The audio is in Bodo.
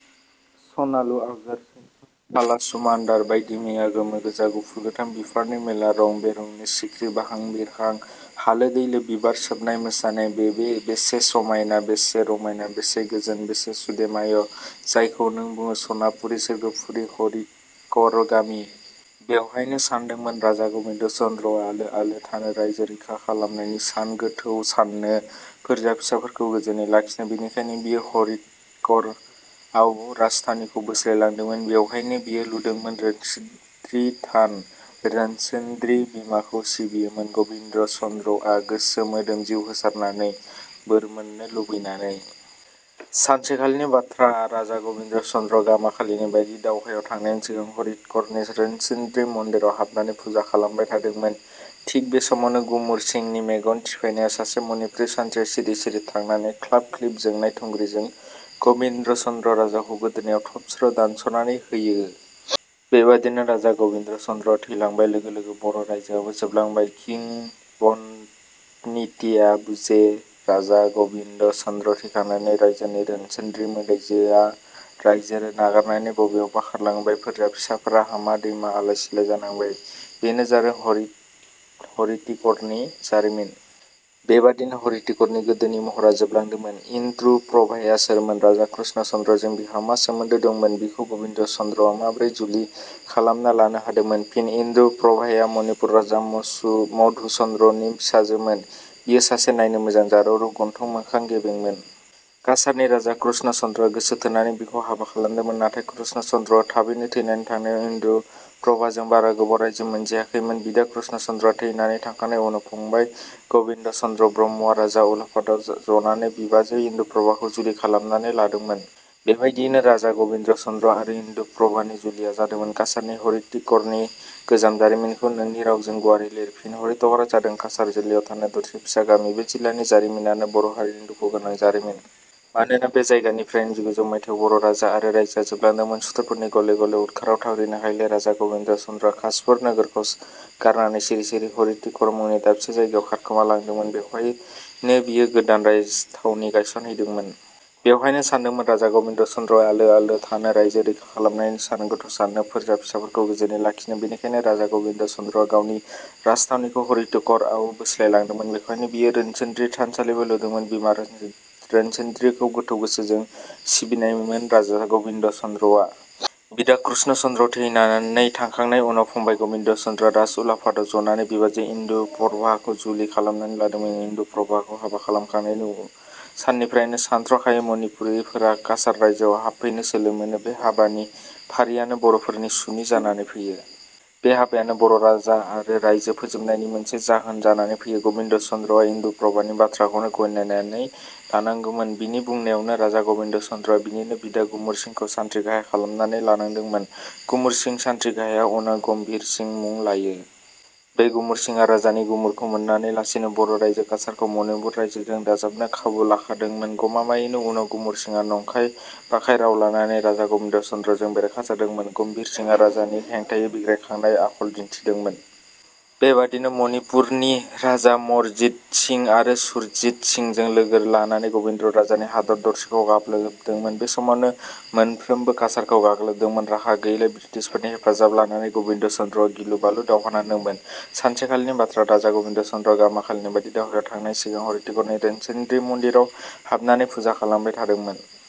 सनालु, अवजार, सेरफां, फालासु मान्दार बायदिमैया, गोमो गोजा, गुफुर-गोथां बिबारनि मेला, रं-बेरंनि सिख्रि बाहां-बिरहां हालो-दैलो बिबार सोबनाय मोसानाय बेसे समायना, बेसे रमायना, बेसे गोजोन, बेसे सुदेम आय' जायखौ नों बुङो सनापुरी सोरगोफुरि हरिटिकर गामि। बेयावहायनो सान्दोंमोन राजा गबिन्द' चन्द्रआ आलो आलो थानो, राइजो रैखा खालमनायनि सानगोथौ साननो, फोरजा फिसाफोरखौ गोजोनै लाखिनो। बेनिखायनो बियो हरिटिकर आव राजथावनिखौ बोस्लाय लांदोंमोन। बेयावहायनो बियो लुदोंमोन रोनसोन्द्रि थान। रोनसोन्द्रि बिमाखौ सिबियोमोन गबिन्द' चन्द्रआ गोसो मोदोम जिउ होसारनानै, बोर मोननो लुबैनानै। सानसेखालिनि बाथ्रा। राजा गबिन्द' चन्द्रआ गामाखालिनि बादि दावहायाव थांनायनि सिगां हरिटिकरनि रोनसोन्द्रि मन्दिराव हाबनानै फुजा खालामबाय थादोंमोन। थिग बे समावनो गुमुर सिंनि मेगन थिफायनायाव सासे मनिपुरी सान्थ्रिया सिरि सिरि थांनानै ख्लाब ख्लिब जोंनाय थुंग्रिजों गबिन्द' चन्द्र राजाखौ गोदोनायाव थबस्र' दानस'नानै होयो। बेबादिनो राजा गबिन्द' चन्द्रआ थैलांबाय। लोगो लोगो बर' राइजोआबो जोबलांबाय। किंबदन्तीया बुझे राजा ग 'बिन्द चन्द्र थैखांनानै राइजोनि रोनसोन्द्रि मोदाइजोआ राइजो नागारनानै बबेयावबा खारलांबाय। फोरजा फिसाफोरा हामा-दैमा, आलाइ-सिलाइ जानांबाय। बेनो जादों हरिटिकरनि जारिमिन। बेबादिनो हरिटिकरनि गोदोनि महरा जोबलांदोंमोन।. इन्दुप्रभाया सोरमोन? राजा कृष्ण चन्द्रजों बिहा मा सोमोनन्दो दंमोन? बिखौ ग'बिन्द चन्द्रआ माबोरै जुलि खालामना लानो हादोंमोन? फिन: इन्दुप्रभाया मनिपुर राजा मधुचन्द्रनि फिसाजोमोन। बियो सासे नायनो मोजां जारौ रौ, गन्थं मोखां गेबेंमोन। काछारनि राजा कृष्ण चन्द्रआ गोसो थोनानै बिखौ हाबा खालामदोंमोन। नाथाय, कृष्ण चन्द्रआ थाबैनो थैनानै थांनायाव इन्दुप्रभाजों बारा गोबाव राइजो मोनजायाखैमोन। बिदा कृष्ण चन्द्रआ थैनानै थांखांनाय उनाव फंबाय गबिन्द चन्द्र ब्रह्मआ राज उलाफादाव जनानै बिबाजै इन्दुप्रभाखौ जुलि खालामनानै लादोंमोन। बेबादियैनो राजा गबिन्द' चन्द्र आरो इन्दुप्रभानि जुलिया जादोंमोन।. काछारनि हरिटिकरनि गोजाम जारिमिनखौ नोंनि रावजों गुवारै लिर। फिन: हरिटिकरआ जादों काछार जिल्लायाव थानाय दरसे फिसा गामि। बे जिलानि जारिमिनानो बर' हारिनि दुखु गोनां जारिमिन। मानोना बे जायगानिफ्रायनो जिगुजौ मायथाइयाव बर' राजा आरो राइजोआ जोबलांदोंमोन। सुथुरफोरनि गले गले उदखाराव थावरिनो हायैलाय राजा गबिन्द' चन्द्रआ खासपुर नोगोरखौ गारनानै सिरि सिरि "हरिटिकर" मुंनि दाबसे जायगायाव खारखोमा लादोंमोन। बेयावहायनो बियो गोदान राजथावनि गायसनहैदोंमोन। बेयावहायनो सान्दोंमोन राजा गबिन्द' चन्द्रआ आलो आलो थानो, राइजो रैखा खालमनायनि सानगोथौ साननो, फोरजा फिसाफोरखौ गोजोनै लाखिनो। बेनिखायनो राजा गबिन्द चन्द्रआ गावनि राजथावनिखौ हरिटिकरआव बोस्लायलांदोंमोन। बेवहायनो बियो रोनसोन्द्रि थानसालिबो लुदोंमोन, बिमा रोनसोन्द्रिखौ गोथौ गोसोजों सिबिनायमोन राजा गबिन्द' चन्द्रआ। बिदा कृष्ण चन्द्रआ थैनानै थांखांनाय उनाव फंबाय गबिन्द चन्द्रआ राज उलाफादाव जनानै बिबाजै इन्दुप्रभाखौ जुलि खालामनानै लादोंमोन। इन्दुप्रभाखौ हाबा खालामनायनि साननिफ्रायनो सानथ्र' हायै मनिपुरीफोरा काछार राइजोआव हाबफैनो सोलो मोनो। बे हाबानि फारियानो बर'फोरनि सुनि जानानै फैयो। बे हाबायानो बर' राजा आरो राइजो फोजोबनायनि मोनसे जाहोन जानानै फैयो। गबिन्द' चन्द्रआ इन्दुप्रभानि बाथ्राखौनो गनायनानै लानांगौमोन। बिनि बुंनायावनो राजा गबिन्द' चन्द्रआ बिनिनो बिदा गुमुर सिंखौ सान्थ्रि गाहाय खालामनानै लानांदोंमोन। गुमुर सिं सान्थ्रि गाहाया उनाव गम्भिर सिं मुं लायो। बे गुमुर सिंआ राजानि गुमुरखौ मोननानै लासैनो बर' राइजो काछारखौ मनिपुर राइजोजों दाजाबनो खाबु लाखोमादोंमोन। गमामायैनो उनाव गुमुर सिंआ नंखाय बाखाय राव लानानै राजा गबिन्द' चन्द्रजों बेरेखा जादोंमोन। गम्भिर सिंआ राजानि हेथायै बिग्रायखांनाय आखल दिन्थिदोंमोन। बेबादिनो मनिपुरनि राजा मारजिदसिं आरो सुरजिद सिंजों लोगो लानानै गबिन्द' राजानि हादर दरसेखौ गाग्लोबदोंमोन। बे समावनो मानफोराबो काछारखौ गाग्लोबदोंमोन। राहा गैयैलाय ब्रिटिशफोरनि हेफाजाब लानानैगबिन्द' चन्द्रआ गिलु बालु दावहा नांदोंमोन। सानसेखालिनि बाथ्रा। राजा गबिन्द चन्द्रआ गामाखालिनिबादि दावहायाव थांनाय सिगां हरिटिकरनि रोनसोन्द्रि मन्दिराव हाबनानै फुजा खालामबाय थादोंमोन।